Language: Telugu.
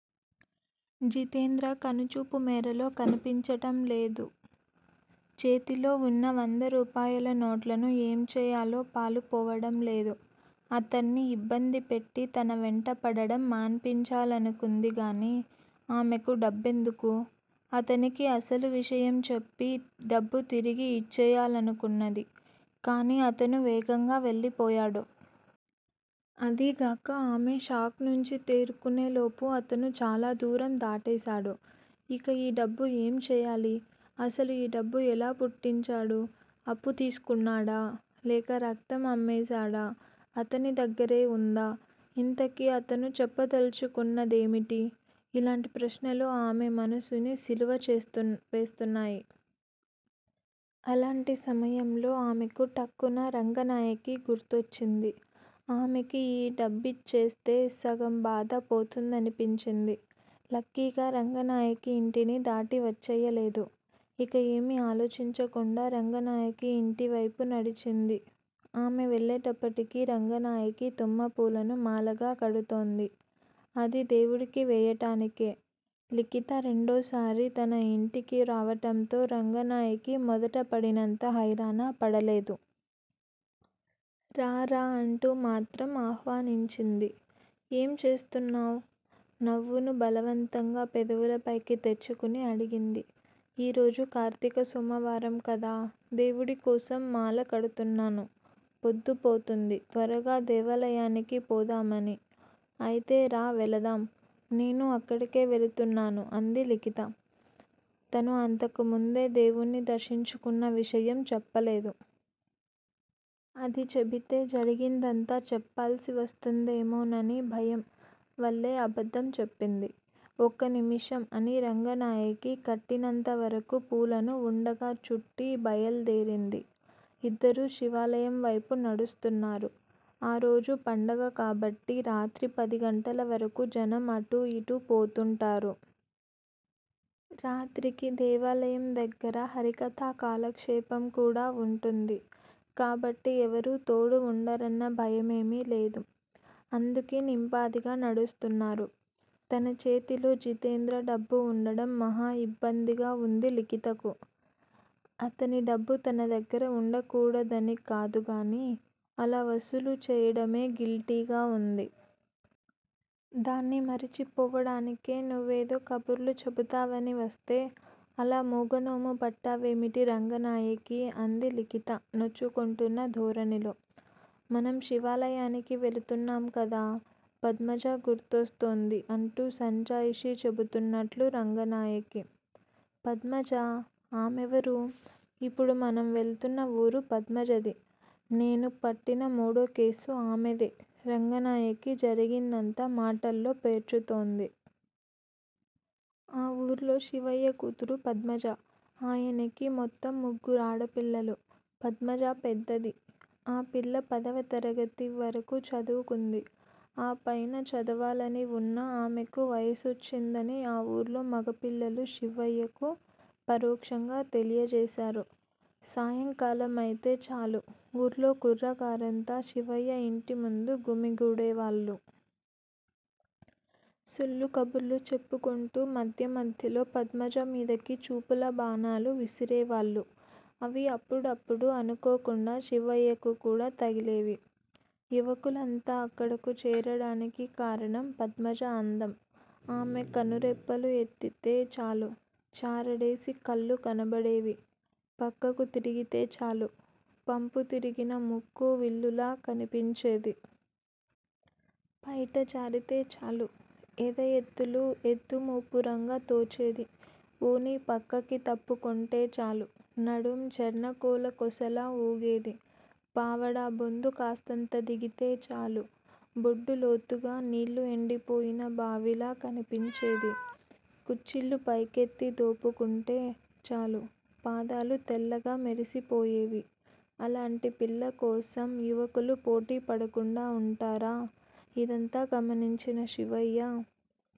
జితేంద్ర కనుచూపు మేరలో కనిపించటం లేదు. చేతిలో వున్న వందరూపాయల నోట్లను ఏం చేయాలో పాలుపోవడం లేదు. అతడ్ని ఇబ్బంది పెట్టి తన వెంట పడడం మాన్పించాలనుకుంది గానీ ఆమెకు డబ్బెందుకు? అతనికి అసలు విషయం చెప్పి డబ్బు తిరిగి ఇచ్చెయ్యాలనుకున్నది కానీ అతను వేగంగా వెళ్ళిపోయాడు. అదీగాక ఆమె షాక్ నుంచి తేరుకునేలోపు అతను చాలా దూరం దాటేశాడు. ఇక ఈ డబ్బు ఏం చేయాలి. అసలు ఈ డబ్బు ఎలా పుట్టించాడు. అప్పు తీసుకున్నాడా? లేక రక్తం అమ్మేశాడా? అతని దగ్గరే వుందా? ఇంతకీ అతను చెప్పదలుచుకున్నదేమిటి? ఇలాంటి ప్రశ్నలు ఆమె మనసుని శిలువ వేస్తున్నాయి. అలాంటి సమయంలో ఆమెకు ఠక్కున రంగనాయకి గుర్తొచ్చింది. ఆమెకి ఈ డబ్బిచ్చేస్తే సగం బాధ పోతుందనిపించింది. లక్కీగా రంగనాయకి ఇంటిని దాటి వచ్చెయ్యలేదు. ఇక ఏమీ ఆలోచించకుండా రంగనాయకి ఇంటివైపు నడిచింది. ఆమె వెళ్ళేటప్పటికి రంగనాయకి తుమ్మపూలను మాలగా కడుతోంది. అది దేవుడికి వేయటానికే. లిఖిత రెండోసారి తన ఇంటికి రావడంతో రంగనాయకి మొదట పడినంత హైరానా పడలేదు. రా రా అంటూ మాత్రం ఆహ్వానించింది. ఏం చేస్తున్నావ్? నవ్వును బలవంతంగా పెదవులపైకి తెచ్చుకుని అడిగింది. ఈరోజు కార్తీక సోమవారం కదా, దేవుడికోసం మాల కడుతున్నాను. పొద్దుపోతుంది. త్వరగా దేవాలయానికి పోదామని అయితే రా వెళదాం. నేనూ అక్కడకే వెళుతున్నాను అంది లిఖిత. తను అంతకు ముందే దేవుడ్ని దర్శించుకున్న విషయం చెప్పలేదు. అది చెబితే జరిగిందంతా చెప్పాల్సి వస్తుందేమోనని భయం వల్లే అబద్దం చెప్పింది. ఒక్క నిముషం అని రంగనాయకి కట్టినంత వరకు పూలను వుండగా చుట్టి బయల్దేరింది. ఇద్దరూ శివాలయం వైపు నడుస్తున్నారు. ఆ రోజు పండగ కాబట్టి రాత్రి పదిగంటల వరకు జనం అటూ యిటూ పోతుంటారు. రాత్రికి దేవాలయం దగ్గర హరికథా కాలక్షేపం కూడా వుంటుంది. కాబట్టి ఎవరూ తోడు వుండరన్న భయమేమీ లేదు. అందుకే నింపాదిగా నడుస్తున్నారు. తన చేతిలో జితేంద్ర డబ్బు వుండడం మహా ఇబ్బందిగా వుంది లిఖితకు. అతని డబ్బు తన దగ్గర వుండకూడదని కాదుగానీ అలా వసూలు చేయడమే గిల్టీగా వుంది. దాన్ని మరిచిపోవడానికే నువ్వేదో కబుర్లు చెబుతావని వస్తే అలా మూగనోము పట్టావేమిటి రంగనాయకీ అంది లిఖిత నొచ్చుకొంటున్న ధోరణిలో. మనం శివాలయానికి వెళుతున్నాం కదా- పద్మజ గుర్తుస్తోంది అంది సంజాయిషీ చెబుతున్నట్లు రంగనాయకి. పద్మజా? ఆమెవరు? ఇప్పుడు మనం వెళుతున్న వూరు పద్మజది. నేను పట్టిన మూడో కేసు ఆమెదే రంగనాయకి జరిగిందంతా మాటల్లో పేర్చుతోంది. ఆ ఊర్లో శివయ్య కూతురు పద్మజ. ఆయనకి మొత్తం ముగ్గురాడపిల్లలు. పద్మజ పెద్దది. ఆ పిల్ల పదవ తరగతి వరకు చదువుకుంది. ఆ పైన చదవాలని వున్నా ఆమెకు వయసొచ్చిందని ఆ ఊర్లో మగపిల్లలు శివయ్యకు పరోక్షంగా తెలియజేశారు. సాయంకాలమైతే చాలు ఊర్లో కుర్రకారంతా శివయ్య ఇంటిముందు గుమిగూడేవాళ్ళు. సొల్లు కబుర్లు చెప్పుకొంటూ మధ్య మధ్యలో పద్మజ మీదకి చూపుల బాణాలు విసిరేవాళ్ళు. అవి అప్పుడప్పుడు అనుకోకుండా శివయ్యకు కూడా తగిలేవి. యువకులంతా అక్కడకు చేరడానికి కారణం పద్మజ అందం. ఆమె కనురెప్పలు ఎత్తితే చాలు చారడేసి కళ్ళు కనబడేవి పక్కకు తిరిగితే చాలు పంపు తిరిగిన ముక్కు విల్లులా కనిపించేది. పైట జారితే చాలు ఎద ఎత్తులు ఎద్దు మూపురంగా తోచేది. ఓణి పక్కకి తప్పుకొంటే చాలు నడుం చెర్నకోల కొసలా వూగేది. పావడా బొందు కాస్తంత దిగితే చాలు బొడ్డు లోతుగా నీళ్ళు ఎండిపోయిన బావిలా కనిపించేది. కుచ్చిళ్ళు పైకెత్తి దోపుకుంటే చాలు పాదాలు తెల్లగా మెరిసిపోయేవి. అలాంటి పిల్లకోసం యువకులు పోటీ పడకుండా వుంటారా? ఇదంతా గమనించిన శివయ్య